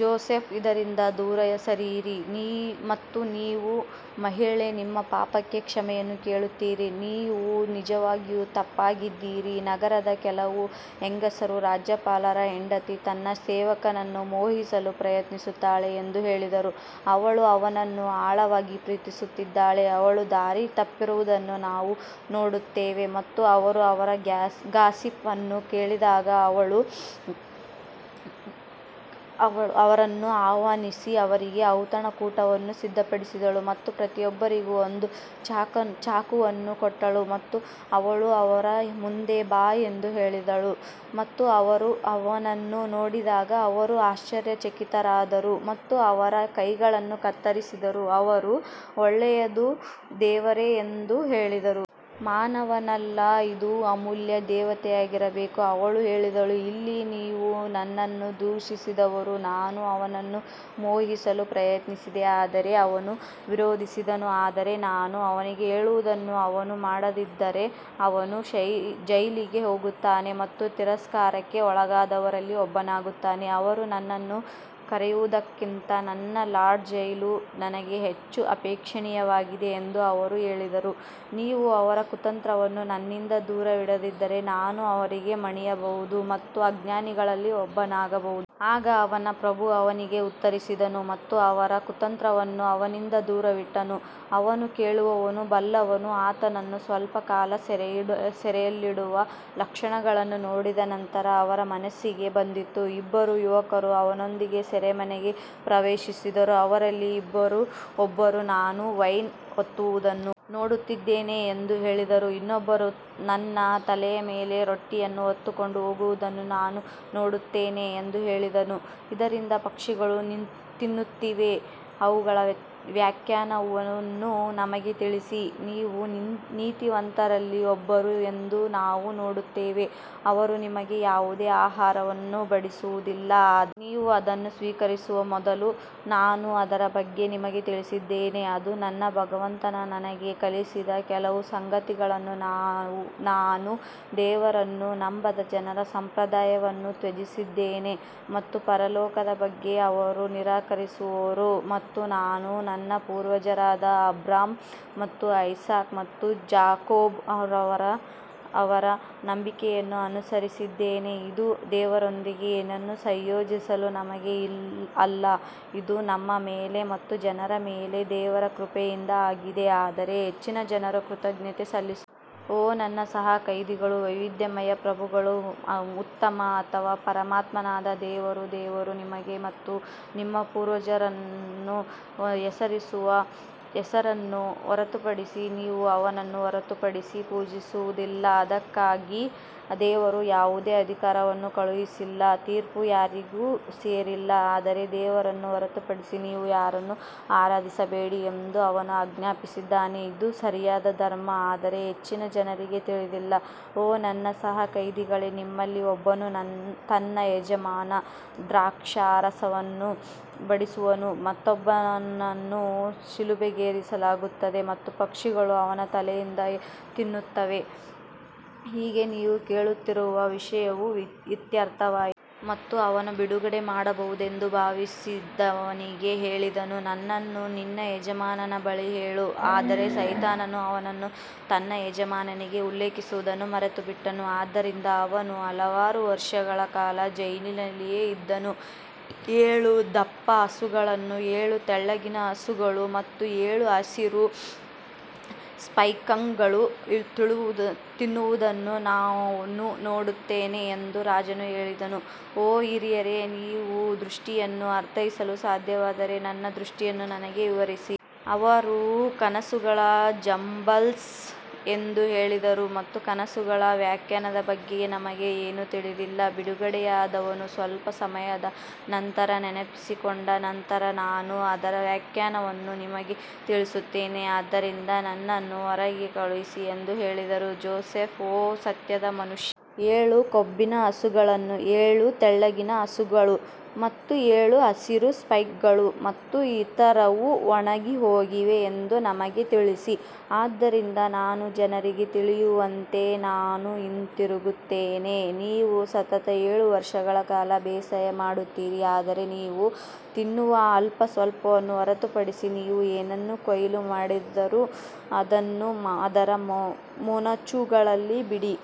Joseph ಇದರಿಂದ ದೂರ ಸರಿಯಿರಿ ಮತ್ತು ನೀವು ಮಹಿಳೆ ನಿಮ್ಮ ಪಾಪಕ್ಕೆ ಕ್ಷಮೆಯನ್ನು ಕೇಳುತ್ತೀರಿ, ನೀವು ನಿಜವಾಗಿಯೂ ತಪ್ಪಾಗಿದ್ದೀರಿ ನಗರದ ಕೆಲವು ಹೆಂಗಸರು ರಾಜ್ಯಪಾಲರ ಹೆಂಡತಿ ತನ್ನ ಸೇವಕನನ್ನು ಮೋಹಿಸಲು ಪ್ರಯತ್ನಿಸುತ್ತಿದ್ದಾಳೆ ಎಂದು ಹೇಳಿದರು ಅವಳು ಅವನನ್ನು ಆಳವಾಗಿ ಪ್ರೀತಿಸುತ್ತಿದ್ದಾಳೆ ಅವಳು ದಾರಿ ತಪ್ಪಿರುವುದನ್ನು ನಾವು ನೋಡುತ್ತೇವೆ ಮತ್ತು ಅವರು ಅವರ ಗಾಸಿಪ್ ಅನ್ನು ಕೇಳಿದಾಗ ಅವಳು ಅವರನ್ನು ಆಹ್ವಾನಿಸಿ ಅವರಿಗೆ ಔತಣಕೂಟವನ್ನು ಸಿದ್ಧಪಡಿಸಿದಳು ಮತ್ತು ಪ್ರತಿಯೊಬ್ಬರಿಗೂ ಒಂದು ಚಾಕುವನ್ನು ಕೊಟ್ಟಳು ಮತ್ತು ಅವಳು ಅವರ ಮುಂದೆ ಬಾ ಎಂದು ಹೇಳಿದಳು ಮತ್ತು ಅವರು ಅವನನ್ನು ನೋಡಿದಾಗ ಅವರು ಆಶ್ಚರ್ಯಚಕಿತರಾದರು ಮತ್ತು ಅವರ ಕೈಗಳನ್ನು ಕತ್ತರಿಸಿದರು ಅವರು ಒಳ್ಳೆಯದು ದೇವರೇ ಎಂದು ಹೇಳಿದರು. ಮಾನವನಲ್ಲ, ಇದು ಅಮೂಲ್ಯ ದೇವತೆಯಾಗಿರಬೇಕು ಅವಳು ಹೇಳಿದಳು ಇಲ್ಲಿ ನೀವು ನನ್ನನ್ನು ದೂಷಿಸಿದವರು ನಾನು ಅವನನ್ನು ಮೋಹಿಸಲು ಪ್ರಯತ್ನಿಸಿದೆ ಆದರೆ ಅವನು ವಿರೋಧಿಸಿದನು ಆದರೆ ನಾನು ಅವನಿಗೆ ಹೇಳುವುದನ್ನು ಅವನು ಮಾಡದಿದ್ದರೆ ಅವನು ಜೈಲಿಗೆ ಹೋಗುತ್ತಾನೆ ಮತ್ತು ತಿರಸ್ಕಾರಕ್ಕೆ ಒಳಗಾದವರಲ್ಲಿ ಒಬ್ಬನಾಗುತ್ತಾನೆ. ಅವರು ನನ್ನನ್ನು ಕರೆಯುವುದಕ್ಕಿಂತ ನನ್ನ ಲಾರ್ಡ್ ಜೈಲು ನನಗೆ ಹೆಚ್ಚು ಅಪೇಕ್ಷಣೀಯವಾಗಿದೆ ಎಂದು ಅವರು ಹೇಳಿದರು, ನೀವು ಅವರ ಕುತಂತ್ರವನ್ನು ನನ್ನಿಂದ ದೂರವಿಡದಿದ್ದರೆ ನಾನು ಅವರಿಗೆ ಮಣಿಯಬಹುದು ಮತ್ತು ಅಜ್ಞಾನಿಗಳಲ್ಲಿ ಒಬ್ಬನಾಗಬಹುದು. ಆಗ ಅವನ ಪ್ರಭು ಅವನಿಗೆ ಉತ್ತರಿಸಿದನು ಮತ್ತು ಅವರ ಕುತಂತ್ರವನ್ನು ಅವನಿಂದ ದೂರವಿಟ್ಟನು, ಅವನು ಕೇಳುವವನು ಬಲ್ಲವನು ಆತನನ್ನು ಸ್ವಲ್ಪ ಕಾಲ ಸೆರೆಯಲ್ಲಿಡುವ ಲಕ್ಷಣಗಳನ್ನು ನೋಡಿದ ನಂತರ ಅವರ ಮನಸ್ಸಿಗೆ ಬಂದಿತು ಇಬ್ಬರು ಯುವಕರು ಅವನೊಂದಿಗೆ ಸೆರೆಮನೆಗೆ ಪ್ರವೇಶಿಸಿದರು ಅವರಲ್ಲಿ ಒಬ್ಬರು ನಾನು ವೈನ್ ಒತ್ತುವುದನ್ನು ನೋಡುತ್ತಿದ್ದೇನೆ ಎಂದು ಹೇಳಿದರು ಇನ್ನೊಬ್ಬರು ನನ್ನ ತಲೆಯ ಮೇಲೆ ರೊಟ್ಟಿಯನ್ನು ಹೊತ್ತುಕೊಂಡು ಹೋಗುವುದನ್ನು ನಾನು ನೋಡುತ್ತೇನೆ ಎಂದು ಹೇಳಿದನು ಇದರಿಂದ ಪಕ್ಷಿಗಳು ತಿನ್ನುತ್ತಿವೆ ಅವುಗಳ ವ್ಯಾಖ್ಯಾನವನ್ನು ನಮಗೆ ತಿಳಿಸಿ ನೀವು ನೀತಿವಂತರಲ್ಲಿ ಒಬ್ಬರು ಎಂದು ನಾವು ನೋಡುತ್ತೇವೆ ಅವರು ನಿಮಗೆ ಯಾವುದೇ ಆಹಾರವನ್ನು ಬಡಿಸುವುದಿಲ್ಲ ನೀವು ಅದನ್ನು ಸ್ವೀಕರಿಸುವ ಮೊದಲು ನಾನು ಅದರ ಬಗ್ಗೆ ನಿಮಗೆ ತಿಳಿಸಿದ್ದೇನೆ ಅದು ನನ್ನ ಭಗವಂತ ನನಗೆ ಕಲಿಸಿದ ಕೆಲವು ಸಂಗತಿಗಳನ್ನು ನಾನು ದೇವರನ್ನು ನಂಬದ ಜನರ ಸಂಪ್ರದಾಯವನ್ನು ತ್ಯಜಿಸಿದ್ದೇನೆ ಮತ್ತು ಪರಲೋಕದ ಬಗ್ಗೆ ಅವರು ನಿರಾಕರಿಸುವವರು ಮತ್ತು ನಾನು ನನ್ನ ಪೂರ್ವಜರಾದ ಅಬ್ರಹಾಂ ಮತ್ತು ಐಸಾಕ್ ಮತ್ತು ಜಾಕೋಬ್ ಅವರ ನಂಬಿಕೆಯನ್ನು ಅನುಸರಿಸಿದ್ದೇನೆ, ಇದು ದೇವರೊಂದಿಗೆ ಏನನ್ನೂ ಸಂಯೋಜಿಸಲು ನಮಗೆ ಅಲ್ಲ, ಇದು ನಮ್ಮ ಮೇಲೆ ಮತ್ತು ಜನರ ಮೇಲೆ ದೇವರ ಕೃಪೆಯಿಂದ ಆಗಿದೆ ಆದರೆ ಹೆಚ್ಚಿನ ಜನರು ಕೃತಜ್ಞತೆ ಸಲ್ಲಿಸು ಓ ನನ್ನ ಸಹ ಕೈದಿಗಳು ವೈವಿಧ್ಯಮಯ ಪ್ರಭುಗಳು ಉತ್ತಮ ಅಥವಾ ಪರಮಾತ್ಮನಾದ ದೇವರು ದೇವರು ನಿಮಗೆ ಮತ್ತು ನಿಮ್ಮ ಪೂರ್ವಜರನ್ನು ಹೆಸರಿಸಿರುವ ಹೆಸರನ್ನು ಹೊರತುಪಡಿಸಿ ನೀವು ಅವನನ್ನು ಹೊರತುಪಡಿಸಿ ಪೂಜಿಸುವುದಿಲ್ಲ, ಇದಕ್ಕಾಗಿ ದೇವರು ಯಾವುದೇ ಅಧಿಕಾರವನ್ನು ಕಳುಹಿಸಿಲ್ಲ ತೀರ್ಪು ಯಾರಿಗೂ ಸೇರಿಲ್ಲ ಆದರೆ ದೇವರನ್ನು ಹೊರತುಪಡಿಸಿ ನೀವು ಯಾರನ್ನೂ ಆರಾಧಿಸಬೇಡಿ ಎಂದು ಅವನು ಆಜ್ಞಾಪಿಸಿದ್ದಾನೆ ಇದು ಸರಿಯಾದ ಧರ್ಮ ಆದರೆ ಹೆಚ್ಚಿನ ಜನರಿಗೆ ತಿಳಿದಿಲ್ಲ ಓ ನನ್ನ ಸಹ ಕೈದಿಗಳೇ ನಿಮ್ಮಲ್ಲಿ ಒಬ್ಬನು ತನ್ನ ಯಜಮಾನ ದ್ರಾಕ್ಷಾರಸವನ್ನು ಬಡಿಸುವನು, ಮತ್ತೊಬ್ಬನನ್ನು ಶಿಲುಬೆಗೇರಿಸಲಾಗುತ್ತದೆ ಮತ್ತು ಪಕ್ಷಿಗಳು ಅವನ ತಲೆಯಿಂದ ತಿನ್ನುತ್ತವೆ, ಹೀಗೆ ನೀವು ಕೇಳುತ್ತಿರುವ ವಿಷಯವು ಇತ್ಯರ್ಥವಾಯಿತು. ಮತ್ತು ಅವನು ಬಿಡುಗಡೆ ಮಾಡಬಹುದೆಂದು ಭಾವಿಸಿದವನಿಗೆ ಹೇಳಿದನು, ನನ್ನನ್ನು ನಿನ್ನ ಯಜಮಾನನ ಬಳಿ ಹೇಳು ಆದರೆ ಸೈತಾನನು ಅವನನ್ನು ತನ್ನ ಯಜಮಾನನಿಗೆ ಉಲ್ಲೇಖಿಸುವುದನ್ನು ಮರೆತುಬಿಟ್ಟನು ಆದ್ದರಿಂದ ಅವನು ಹಲವಾರು ವರ್ಷಗಳ ಕಾಲ ಜೈಲಿನಲ್ಲಿಯೇ ಇದ್ದನು. ಏಳು ದಪ್ಪ ಹಸುಗಳನ್ನು ಏಳು ತೆಳ್ಳಗಿನ ಹಸುಗಳು ಮತ್ತು ಏಳು ಹಸಿರು ಸ್ಪೈಕ್ಗಳು ತಿನ್ನುವುದನ್ನು ನಾನು ನೋಡುತ್ತೇನೆ ಎಂದು ರಾಜನು ಹೇಳಿದನು, ಓ ಹಿರಿಯರೇ, ನೀವು ದೃಷ್ಟಿಯನ್ನು ಅರ್ಥೈಸಲು ಸಾಧ್ಯವಾದರೆ ನನ್ನ ದೃಷ್ಟಿಯನ್ನು ನನಗೆ ವಿವರಿಸಿ. ಅವರು ಕನಸುಗಳ ಜಂಬಲ್ಸ್ ಎಂದು ಹೇಳಿದರು ಮತ್ತು ಕನಸುಗಳ ವ್ಯಾಖ್ಯಾನದ ಬಗ್ಗೆ ನಮಗೆ ಏನೂ ತಿಳಿದಿಲ್ಲ ಬಿಡುಗಡೆಯಾದವನು ಸ್ವಲ್ಪ ಸಮಯದ ನಂತರ ನೆನಪಿಸಿಕೊಂಡ ನಂತರ ನಾನು ಅದರ ವ್ಯಾಖ್ಯಾನವನ್ನು ನಿಮಗೆ ತಿಳಿಸುತ್ತೇನೆ ಆದ್ದರಿಂದ ನನ್ನನ್ನು ಹೊರಗೆ ಕಳುಹಿಸಿ ಎಂದು ಹೇಳಿದರು ಜೋಸೆಫ್ ಓ ಸತ್ಯದ ಮನುಷ್ಯ ಏಳು ಕೊಬ್ಬಿನ ಹಸುಗಳನ್ನು ಏಳು ತೆಳ್ಳಗಿನ ಹಸುಗಳು ಮತ್ತು ಏಳು ಹಸಿರು ಸ್ಪೈಕ್ಗಳು ಮತ್ತು ಇತರವು ಒಣಗಿಹೋಗಿವೆ ಎಂದು ನಮಗೆ ತಿಳಿಸಿ, ಆದ್ದರಿಂದ ನಾನು ಜನರಿಗೆ ತಿಳಿಯುವಂತೆ ನಾನು ಹಿಂತಿರುಗುತ್ತೇನೆ ನೀವು ಸತತ ಏಳು ವರ್ಷಗಳ ಕಾಲ ಬೇಸಾಯ ಮಾಡುತ್ತೀರಿ ಆದರೆ ನೀವು ತಿನ್ನುವ ಅಲ್ಪಸ್ವಲ್ಪವನ್ನು ಹೊರತುಪಡಿಸಿ ನೀವು ಏನನ್ನು ಕೊಯ್ಲು ಮಾಡಿದರೂ ಅದನ್ನು ಅದರ ಮೊನಚುಗಳಲ್ಲಿ ಬಿಡಿ.